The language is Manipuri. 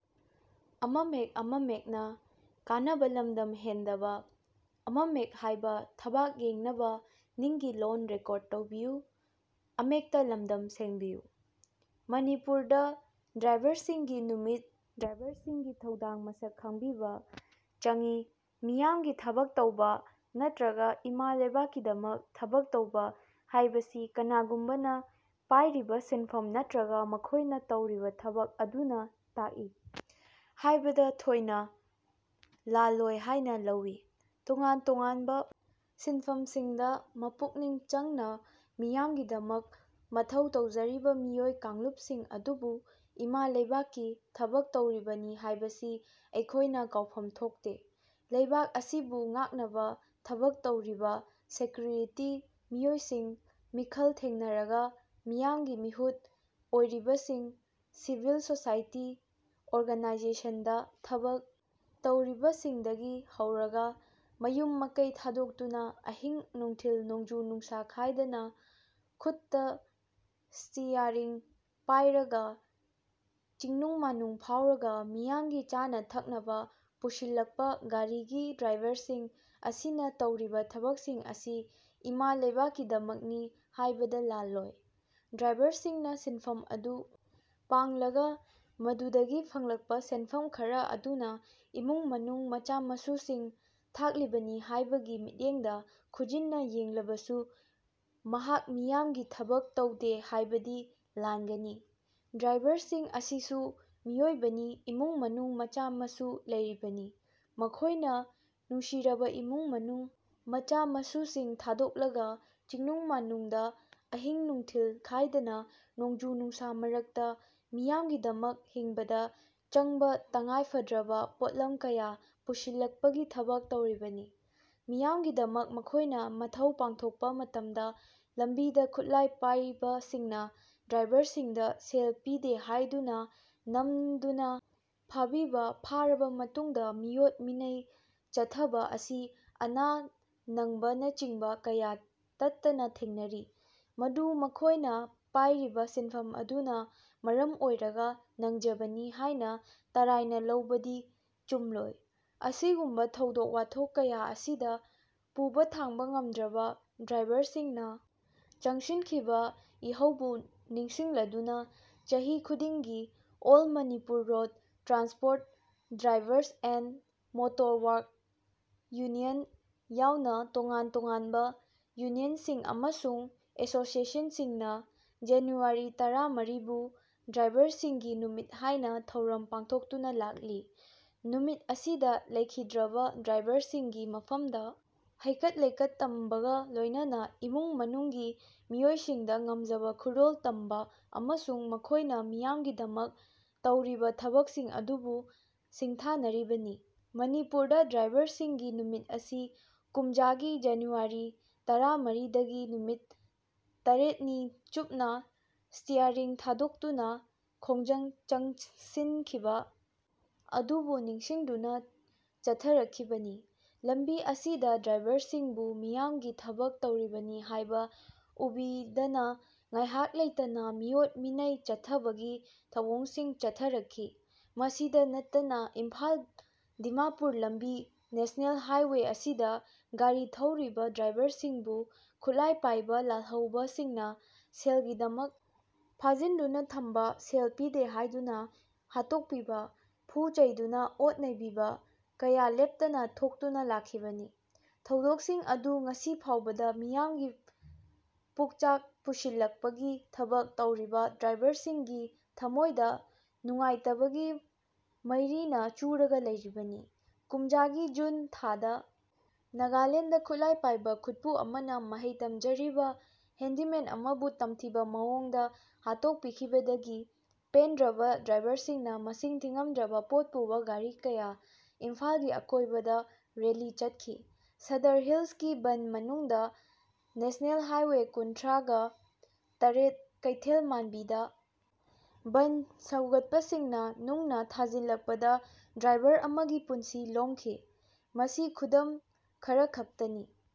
ꯃꯅꯤꯄꯨꯔꯗ ꯗ꯭ꯔꯥꯏꯚꯔꯁꯤꯡꯒꯤ ꯅꯨꯃꯤꯠ ꯗ꯭ꯔꯥꯏꯚꯔꯁꯤꯡꯒꯤ ꯊꯧꯗꯥꯡ ꯃꯁꯛ ꯈꯪꯕꯤꯕ ꯆꯪꯏ ꯃꯤꯌꯥꯝꯒꯤ ꯊꯕꯛ ꯇꯧꯕ ꯅꯠꯇ꯭ꯔꯒ ꯏꯃꯥ ꯂꯩꯕꯥꯛꯀꯤꯗꯃꯛ ꯊꯕꯛ ꯇꯧꯕ ꯍꯥꯏꯕꯁꯤ ꯀꯅꯥꯒꯨꯝꯕꯅ ꯄꯥꯏꯔꯤꯕ ꯁꯤꯟꯐꯝ ꯅꯠꯇ꯭ꯔꯒ ꯃꯈꯣꯏꯅ ꯇꯧꯔꯤꯕ ꯊꯕꯛ ꯑꯗꯨꯅ ꯇꯥꯛꯏ ꯍꯥꯏꯕꯗ ꯊꯣꯏꯅ ꯂꯥꯜꯂꯣꯏ ꯍꯥꯏꯅ ꯂꯧꯏ꯫ ꯇꯣꯉꯥꯟ ꯇꯣꯉꯥꯟꯕ ꯁꯤꯟꯐꯝꯁꯤꯡꯗ ꯃꯄꯨꯛꯅꯤꯡ ꯆꯪꯅ ꯃꯤꯌꯥꯝꯒꯤꯗꯃꯛ ꯃꯊꯧ ꯇꯧꯖꯔꯤꯕ ꯃꯤꯑꯣꯏ ꯀꯥꯡꯂꯨꯞꯁꯤꯡ ꯑꯗꯨꯕꯨ ꯏꯃꯥ ꯂꯩꯕꯥꯛꯀꯤ ꯊꯕꯛ ꯇꯧꯔꯤꯕꯅꯤ ꯍꯥꯏꯕꯁꯤ ꯑꯩꯈꯣꯏꯅ ꯀꯥꯎꯐꯝ ꯊꯣꯛꯇꯦ꯫ ꯂꯩꯕꯥꯛ ꯑꯁꯤꯕꯨ ꯉꯥꯛꯅꯕ ꯊꯕꯛ ꯇꯧꯔꯤꯕ ꯁꯦꯀ꯭ꯌꯨꯔꯤꯇꯤ ꯃꯤꯑꯣꯏꯁꯤꯡ, ꯃꯤꯈꯜ ꯊꯦꯅꯔꯒ ꯃꯤꯌꯥꯝꯒꯤ ꯃꯤꯍꯨꯠ ꯑꯣꯏꯔꯤꯕꯁꯤꯡ, ꯁꯤꯚꯤꯜ ꯁꯣꯁꯥꯏꯇꯤ ꯑꯣꯔꯒꯅꯥꯏꯖꯦꯁꯟꯗ ꯊꯕꯛ ꯇꯧꯔꯤꯕꯁꯤꯡꯗꯒꯤ ꯍꯧꯔꯒ ꯃꯌꯨꯝ ꯃꯀꯩ ꯊꯥꯗꯣꯛꯇꯨꯅ ꯑꯍꯤꯡ ꯅꯨꯡꯊꯤꯜ, ꯅꯣꯡꯖꯨ ꯅꯨꯡꯁ ꯈꯥꯏꯗꯅ ꯈꯨꯠꯇ ꯁ꯭ꯇꯤꯌꯥꯔꯤꯡ ꯄꯥꯏꯔꯒ ꯆꯤꯡꯅꯨꯡ ꯃꯥꯅꯨꯡ ꯐꯥꯎꯔꯒ ꯃꯤꯌꯥꯝꯒꯤ ꯆꯥꯅ ꯊꯛꯅꯕꯥ ꯄꯨꯁꯤꯜꯂꯛꯄ ꯒꯥꯔꯤꯒꯤ ꯗ꯭ꯔꯥꯚꯔꯁꯤꯡ ꯑꯁꯤꯅ ꯇꯧꯔꯤꯕ ꯊꯕꯛꯁꯤꯡ ꯑꯁꯤ ꯏꯃꯥ ꯂꯩꯕꯥꯛꯀꯤꯗꯃꯛꯅꯤ ꯍꯥꯏꯕꯗ ꯂꯥꯜꯂꯣꯏ꯫ ꯗ꯭ꯔꯥꯚꯔꯁꯤꯡꯅ ꯁꯤꯟꯐꯝ ꯑꯗꯨ ꯄꯥꯡꯂꯒ ꯃꯗꯨꯗꯒꯤ ꯐꯪꯂꯛꯄ ꯁꯦꯟꯐꯝ ꯈꯔ ꯑꯗꯨꯅ ꯏꯃꯨꯡ ꯃꯅꯨꯡ ꯃꯆꯥ ꯃꯁꯨꯁꯤꯡ ꯊꯥꯛꯂꯤꯕꯅꯤ ꯍꯥꯏꯕꯒꯤ ꯃꯤꯠꯌꯦꯡꯗ ꯈꯨꯖꯤꯟꯅ ꯌꯦꯡꯂꯕꯁꯨ ꯃꯍꯥꯛ ꯃꯤꯌꯥꯝꯒꯤ ꯊꯕꯛ ꯇꯧꯗꯦ ꯍꯥꯏꯕꯗꯤ ꯂꯥꯟꯒꯅꯤ꯫ ꯗ꯭ꯔꯥꯏꯚꯔꯁꯤꯡ ꯑꯁꯤꯁꯨ ꯃꯤꯑꯣꯏꯕꯅꯤ ꯏꯃꯨꯡ ꯃꯅꯨꯡ ꯃꯆꯥ ꯃꯁꯨ ꯂꯩꯔꯤꯕꯅꯤ꯫ ꯃꯈꯣꯏꯅ ꯅꯨꯡꯁꯤꯔꯕ ꯏꯃꯨꯡ ꯃꯅꯨꯡ, ꯃꯆꯥ ꯃꯁꯨꯁꯤꯡ ꯊꯥꯗꯣꯛꯂꯒ ꯆꯤꯡꯅꯨꯡ ꯃꯥꯅꯨꯡꯗ ꯑꯍꯤꯡ ꯅꯨꯡꯊꯤꯜ ꯈꯥꯏꯗꯅ ꯅꯣꯡꯖꯨ ꯅꯨꯡꯁꯥ ꯃꯔꯛꯇ ꯃꯤꯌꯥꯝꯒꯤꯗꯃꯛ ꯍꯤꯡꯕꯗ ꯆꯪꯕ ꯇꯉꯥꯏꯐꯗ꯭ꯔꯕ ꯄꯣꯠꯂꯝ ꯀꯌꯥ ꯄꯨꯁꯤꯜꯂꯛꯄꯒꯤ ꯊꯕꯛ ꯇꯧꯔꯤꯕꯅꯤ꯫ ꯃꯤꯌꯥꯝꯒꯤꯗꯃꯛ ꯃꯈꯣꯏꯅ ꯃꯊꯧ ꯄꯥꯡꯊꯣꯛꯄ ꯃꯇꯝꯗ ꯂꯝꯕꯤꯗ ꯈꯨꯠꯂꯥꯏ ꯄꯥꯏꯕꯁꯤꯡꯅ ꯗ꯭ꯔꯥꯏꯚꯔꯁꯤꯡꯗ ꯁꯦꯜ ꯄꯤꯗꯦ ꯍꯥꯏꯗꯨꯅ ꯅꯝꯗꯨꯅ ꯐꯥꯕꯤꯕ, ꯐꯥꯔꯕ ꯃꯇꯨꯡꯗ ꯃꯤꯑꯣꯠ ꯃꯤꯅꯩ ꯆꯠꯊꯕ ꯑꯁꯤ ꯑꯅꯥ ꯅꯪꯕꯅꯆꯤꯡꯕ ꯀꯌꯥ ꯇꯠꯇꯅ ꯊꯦꯡꯅꯔꯤ꯫ ꯃꯗꯨ ꯃꯈꯣꯏꯅ ꯄꯥꯏꯔꯤꯕ ꯁꯤꯟꯐꯝ ꯑꯗꯨꯅ ꯃꯔꯝ ꯑꯣꯏꯔꯒ ꯅꯪꯖꯕꯅꯤ ꯍꯥꯏꯅ ꯇꯔꯥꯏꯅ ꯂꯧꯕꯗꯤ ꯆꯨꯝꯂꯣꯏ꯫ ꯑꯁꯤꯒꯨꯝꯕ ꯊꯧꯗꯣꯛ ꯋꯥꯊꯣꯛ ꯀꯌꯥ ꯑꯁꯤꯗ ꯄꯨꯕ ꯊꯥꯡꯕ ꯉꯝꯗ꯭ꯔꯕ ꯗ꯭ꯔꯥꯏꯚꯔꯁꯤꯡꯅ ꯆꯪꯁꯤꯟꯈꯤꯕ ꯏꯍꯧꯕꯨ ꯅꯤꯡꯁꯤꯡꯂꯗꯨꯅ ꯆꯍꯤ ꯈꯨꯗꯤꯡꯒꯤ all Manipur road transport drivers and motor work union ꯌꯥꯎꯅ ꯇꯣꯉꯥꯟ ꯇꯣꯉꯥꯟꯕ ꯌꯨꯅꯤꯌꯟꯁꯤꯡ ꯑꯃꯁꯨꯡ ꯑꯦꯁꯣꯁꯤꯌꯦꯁꯟꯁꯤꯡꯅ ꯖꯅꯨꯋꯥꯔꯤ ꯇꯔꯥꯃꯔꯤꯕꯨ ꯗ꯭ꯔꯥꯏꯚꯔꯁꯤꯡꯒꯤ ꯅꯨꯃꯤꯠ ꯍꯥꯏꯅ ꯊꯧꯔꯝ ꯄꯥꯡꯊꯣꯛꯇꯨꯅ ꯂꯥꯛꯂꯤ꯫ ꯅꯨꯃꯤꯠ ꯑꯁꯤꯗ ꯂꯩꯈꯤꯗ꯭ꯔꯕ ꯗ꯭ꯔꯥꯏꯚꯔꯁꯤꯡꯒꯤ ꯃꯐꯝꯗ ꯍꯩꯀꯠ ꯂꯩꯀꯠ ꯇꯝꯕꯒ ꯂꯣꯏꯅꯅ ꯏꯃꯨꯡ ꯃꯅꯨꯡꯒꯤ ꯃꯤꯑꯣꯏꯁꯤꯡꯗ ꯉꯝꯖꯕ ꯈꯨꯗꯣꯜ ꯇꯝꯕ ꯑꯃꯁꯨꯡ ꯃꯈꯣꯏꯅ ꯃꯤꯌꯥꯝꯒꯤꯗꯃꯛ ꯇꯧꯔꯤꯕ ꯊꯕꯛꯁꯤꯡ ꯑꯗꯨꯕꯨ ꯁꯤꯡꯊꯥꯅꯔꯤꯕꯅꯤ꯫ ꯃꯅꯤꯄꯨꯔꯗ ꯗ꯭ꯔꯥꯏꯚꯔꯁꯤꯡꯒꯤ ꯅꯨꯃꯤꯠ ꯑꯁꯤ ꯀꯨꯝꯖ ꯒꯤ ꯖꯅꯨꯋꯥꯔꯤ ꯇꯔꯥꯃꯔꯤꯗꯒꯤ ꯅꯨꯃꯤꯠ ꯇꯥꯔꯦꯠ ꯅꯤ ꯆꯨꯞꯅ ꯁ꯭ꯇꯤꯌꯥꯔꯤꯡ ꯊꯥꯗꯣꯛꯇꯨꯅ ꯈꯣꯡꯖꯪ ꯆꯪꯁꯤꯟꯈꯤꯕ ꯑꯗꯨꯕꯨ ꯅꯤꯡꯁꯤꯡꯗꯨꯅ ꯆꯠꯊꯔꯛꯈꯤꯕꯅꯤ꯫ ꯂꯝꯕꯤ ꯑꯁꯤꯗ ꯗ꯭ꯔꯥꯏꯚꯔꯁꯤꯡꯕꯨ ꯃꯤꯌꯥꯝꯒꯤ ꯊꯕꯛ ꯇꯧꯔꯤꯕꯅꯤ ꯍꯥꯏꯕ ꯎꯕꯤꯗꯅ ꯉꯥꯏꯍꯥꯛ ꯂꯩꯇꯅ ꯃꯤꯑꯣꯠ ꯃꯤꯅꯩ ꯆꯠꯊꯕꯒꯤ ꯊꯧꯑꯣꯡꯁꯤꯡ ꯆꯠꯊꯔꯛꯈꯤ꯫ ꯃꯁꯤꯗ ꯅꯠꯇꯅ ꯏꯝꯐꯥꯜ ꯗꯤꯃꯥꯄꯨꯔ ꯂꯝꯕꯤ ꯅꯦꯁꯅꯦꯜ ꯍꯥꯏꯋꯦ ꯑꯁꯤꯗ ꯒꯥꯔꯤ ꯊꯧꯔꯤꯕ ꯗ꯭ꯔꯥꯏꯚꯔꯁꯤꯡꯕꯨ ꯈꯨꯠꯂꯥꯏ ꯄꯥꯏꯕ ꯂꯥꯜꯍꯧꯕꯁꯤꯡꯅ ꯁꯦꯜꯒꯤꯗꯃꯛ ꯐꯥꯖꯤꯟꯗꯨꯅ ꯊꯝꯕ ꯁꯦꯜ ꯄꯤꯗꯦ ꯍꯥꯏꯗꯨꯅ ꯍꯥꯠꯇꯣꯛꯄꯤꯕ ꯐꯨ ꯆꯩꯗꯨꯅ ꯑꯣꯠ ꯅꯩꯕꯤꯕ ꯀꯌ ꯂꯦꯞꯇꯅ ꯊꯣꯛꯇꯨꯅ ꯂꯥꯛꯈꯤꯕꯅꯤ꯫ ꯊꯧꯗꯣꯛꯁꯤꯡ ꯑꯗꯨ ꯉꯁꯤ ꯐꯥꯎꯕꯗ ꯃꯤꯌꯥꯝꯒꯤ ꯄꯨꯛꯆꯥꯛ ꯄꯨꯁꯤꯜꯂꯛꯄꯒꯤ ꯊꯕꯛ ꯇꯧꯔꯤꯕ ꯗ꯭ꯔꯥꯏꯚꯔꯁꯤꯡꯒꯤ ꯊꯝꯃꯣꯏꯗ ꯅꯨꯡꯉꯥꯏꯇꯕꯒꯤ ꯃꯩꯔꯤꯅ ꯆꯨꯔꯒ ꯂꯩꯔꯤꯕꯅꯤ꯫ ꯀꯨꯝꯖ ꯒꯤ ꯖꯨꯟ ꯊꯥꯗꯥ ꯅꯥꯒꯥꯂꯦꯟꯗ ꯈꯨꯠꯂꯥꯏ ꯄꯥꯏꯕ ꯈꯨꯠꯄꯨ ꯑꯃꯅ ꯃꯍꯩ ꯇꯝꯖꯔꯤꯕ ꯍꯦꯟꯗꯤꯃꯦꯟ ꯑꯃꯕꯨ ꯇꯝꯊꯤꯕ ꯃꯑꯣꯡꯗ ꯍꯥꯠꯇꯣꯛꯄꯤꯈꯤꯕꯗꯒꯤ ꯄꯦꯟꯗ꯭ꯔꯕ ꯗ꯭ꯔꯥꯏꯚꯔꯁꯤꯡꯅ ꯃꯁꯤꯡ ꯊꯤꯉꯝꯗ꯭ꯔꯕ ꯄꯣꯠ ꯄꯨꯕ ꯒꯥꯔꯤ ꯀꯌꯥ ꯏꯝꯐꯥꯜꯒꯤ ꯑꯀꯣꯏꯕꯗ ꯔꯦꯜꯂꯤ ꯆꯠꯈꯤ꯫ ꯁꯗꯔ ꯍꯤꯜꯁꯀꯤ ꯕꯟꯗ ꯃꯅꯨꯡꯗ ꯅꯦꯁꯅꯦꯜ ꯍꯥꯏꯋꯦ ꯀꯨꯟꯊꯔꯒ ꯇꯥꯔꯦꯠ ꯀꯩꯊꯦꯜꯃꯥꯟꯕꯤꯗ ꯕꯟꯗ ꯁꯧꯒꯠꯄꯁꯤꯡꯅ ꯅꯨꯡꯅ ꯊꯥꯖꯤꯟꯂꯛꯄꯗ ꯗ꯭ꯔꯥꯏꯚꯔ ꯑꯃꯒꯤ ꯄꯨꯟꯁꯤ ꯂꯣꯝꯈꯤ꯫ ꯃꯁꯤ ꯈꯨꯗꯝ ꯈꯔꯈꯛꯇꯅꯤ꯫